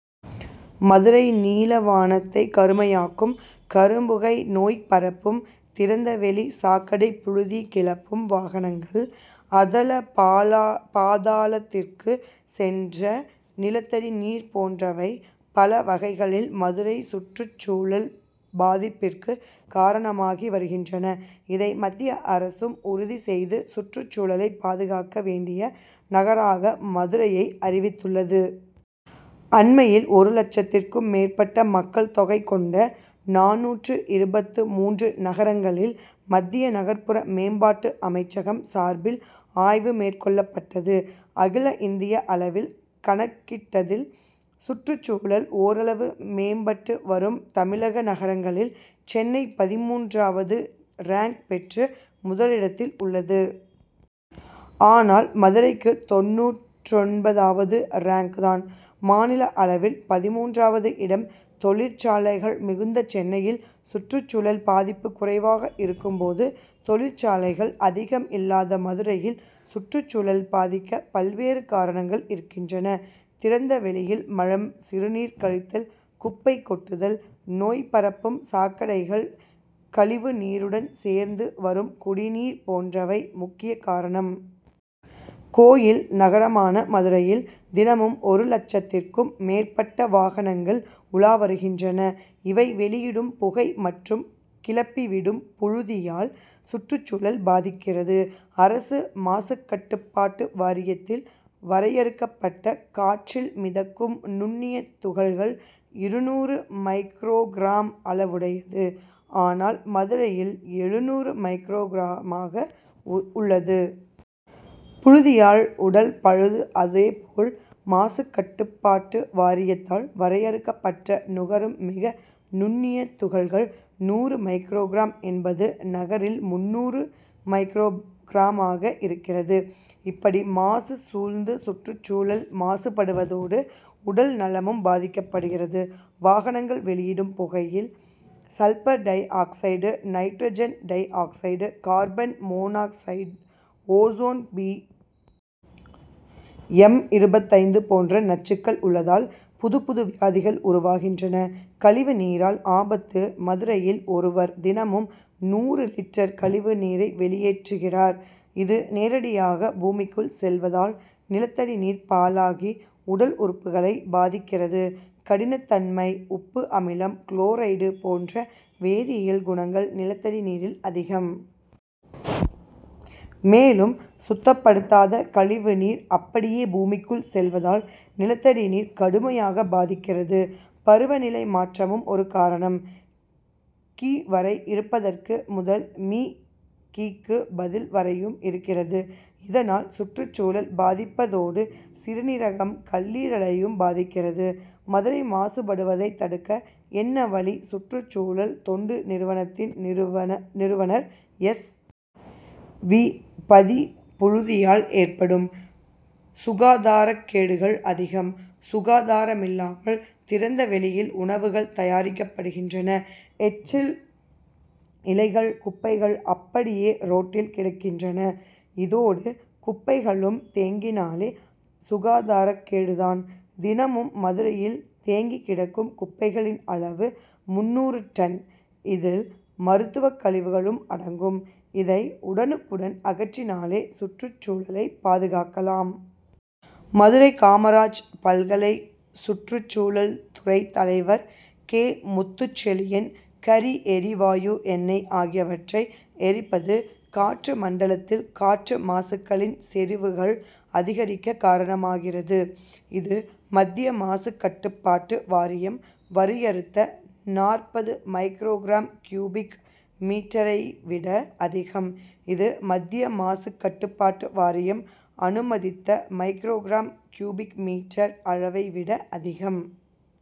மதுரை நீலவானத்தை கருமையாக்கும் கரும்புகை நோய் பரப்பும் திறந்தவெளி சாக்கடை புழுதி கிளப்பும் வாகனங்கள் அதலபாதாளத்திற்கு சென்ற நிலத்தடி நீர் போன்றவை பல வகைகளில் மதுரை சுற்றுச்சூழல் பாதிப்பிற்கு காரணமாகி வருகின்றன. இதை மத்திய அரசும் உறுதி செய்து சுற்றுச்சூழலை பாதுகாக்க வேண்டிய நகராக மதுரையை அறிவித்துள்ளது. அண்மையில் ஒரு லட்சத்திற்கும் மேற்பட்ட மக்கள் தொகை கொண்ட நானூற்று இருபத்து மூன்று நகரங்களில் மத்திய நகர்ப்புற மேம்பாட்டு அமைச்சகம் சார்பில் ஆய்வு மேற்கொள்ளப்பட்டது. அகில இந்திய அளவில் கணக்கிட்டதில் சுற்றுச்சூழல் ஓரளவு மேம்பட்டு வரும் தமிழக நகரங்களில் சென்னை பதின்மூன்றாவது ரேங்க் பெற்று முதலிடத்தில் உள்ளது. ஆனால் மதுரைக்கு தொண்ணூற்றொன்பதாவது ரேங்க் தான். மாநில அளவில் பதின்மூன்றாவது இடம். தொழிற்சாலைகள் மிகுந்த சென்னையில் சுற்றுச்சூழல் பாதிப்பு குறைவாக இருக்கும் போது தொழிற்சாலைகள் அதிகம் இல்லாத மதுரையில் சுற்றுச்சூழல் பாதிக்க பல்வேறு காரணங்கள் இருக்கின்றன. திறந்தவெளியில் மலம் சிறுநீர் கழித்தல் குப்பை கொட்டுதல் நோய்பரப்பும் சாக்கடைகள் கழிவுநீருடன் சேர்ந்து வரும் குடிநீர் போன்றவை முக்கிய காரணம். கோயில் நகரமான மதுரையில் தினமும் ஒரு லட்சத்திற்கும் மேற்பட்ட வாகனங்கள் உலா வருகின்றன. இவை வெளியிடும் புகை மற்றும் கிளப்பிவிடும் புழுதியால் சுற்றுச்சூழல் பாதிக்கிறது. அரசு மாசுக்கட்டுப்பாட்டு வாரியத்தால் வரையறுக்கப்பட்ட காற்றில் மிதக்கும் நுண்ணிய துகள்கள் இருநூறு மைக்ரோகிராம் அளவுடையது. ஆனால் மதுரையில் எழுநூறு மைக்ரோகிராமாக உள்ளது. புழுதியால் உடல் பழுது அதேபோல் மாசுக்கட்டுப்பாட்டு வாரியத்தால் வரையறுக்கப்பட்ட நுகரும் மிக நுண்ணிய துகள்கள் நூறு மைக்ரோகிராம் என்பது நகரில் முந்நூறு மைக்ரோகிராமாக இருக்கிறது. இப்படி மாசு சூழ்ந்து சுற்றுச்சூழல் மாசுப்படுவதோடு உடல்நலமும் பாதிக்கிறது. வாகனங்கள் வெளியிடும் புகையில் sulphur dioxide nitrogen dioxide carbon monoxide ozone P. M. இருபத்தைந்து போன்ற நச்சுக்கள் உள்ளதால் புதுப்புது வியாதிகள் உருவாகின்றன. கழிவுநீரால் ஆபத்து மதுரையில் ஒருவர் தினமும் நூறு லிட்டர் கழிவுநீரை வெளியேற்றுகிறார். இது நேரடியாக பூமிக்குள் செல்வதால் நிலத்தடி நீர் பாழாகி உடல் உறுப்புகளை பாதிக்கிறது. கடினத்தன்மை உப்பு அமிலம் குளோரைடு போன்ற வேதியியல் குணங்கள் நிலத்தடி நீரில் அதிகம். மேலும் சுத்தப்படுத்தாத கழிவுநீர் அப்படியே பூமிக்குள் செல்வதால் நிலத்தடி நீர் கடுமையாக பாதிக்கிறது. பருவநிலை மாற்றமும் ஒரு காரணம். கி. வரை இருப்பதற்கு பதில் மி. கி.க்கு பதில் வரையும் இருக்கிறது. இதனால் சுற்றுச்சூழல் பாதிப்பதோடு சிறுநீரகம் கல்லீரலையும் பாதிக்கிறது. மதுரை மாசுபடுவதை தடுக்க என்ன வழி சுற்றுச்சூழல் தொண்டு நிறுவனத்தின் நிறுவனர் எஸ். வி. பதி புழுதியால் ஏற்படும் சுகாதாரக்கேடுகள் அதிகம். சுகாதாரமில்லாமல் திறந்தவெளியில் உணவுகள் தயாரிக்கப்படுகின்றன. எச்சில் இலைகள் குப்பைகள் அப்படியே ரோட்டில் கிடக்கின்றன. இதோடு குப்பைகளும் தேங்கினாலே சுகாதாரக்கேடு தான். தினமும் மதுரையில் தேங்கி கிடக்கும் குப்பைகளின் அளவு முந்நூறு டன். இதில் மருத்துவக்கழிவுகளும் அடங்கும். இதை உடனுக்குடன் அகற்றினாலே சுற்றுச்சூழலை பாதுகாக்கலாம். மதுரை காமராஜ் பல்கலை சுற்றுச்சூழல் துறை தலைவர் கே. முத்துச்செழியன் கரி எரிவாயு எண்ணெய் ஆகியவற்றை எரிப்பது காற்று மண்டலத்தில் காற்று மாசுக்களின் செறிவுகள் அதிகரிக்க காரணமாகிறது. இது மத்திய மாசுக்கட்டுப்பாட்டு வாரியம் வரையறுத்த நாற்பது மைக்ரோகிராம் கியூபிக் மீட்டரைவிட அதிகம். இது மத்திய மாசுக்கட்டுப்பாட்டு வாரியம் அனுமதித்த மைக்ரோகிராம் கியூபிக் மீட்டர் அளவைவிட அதிகம்.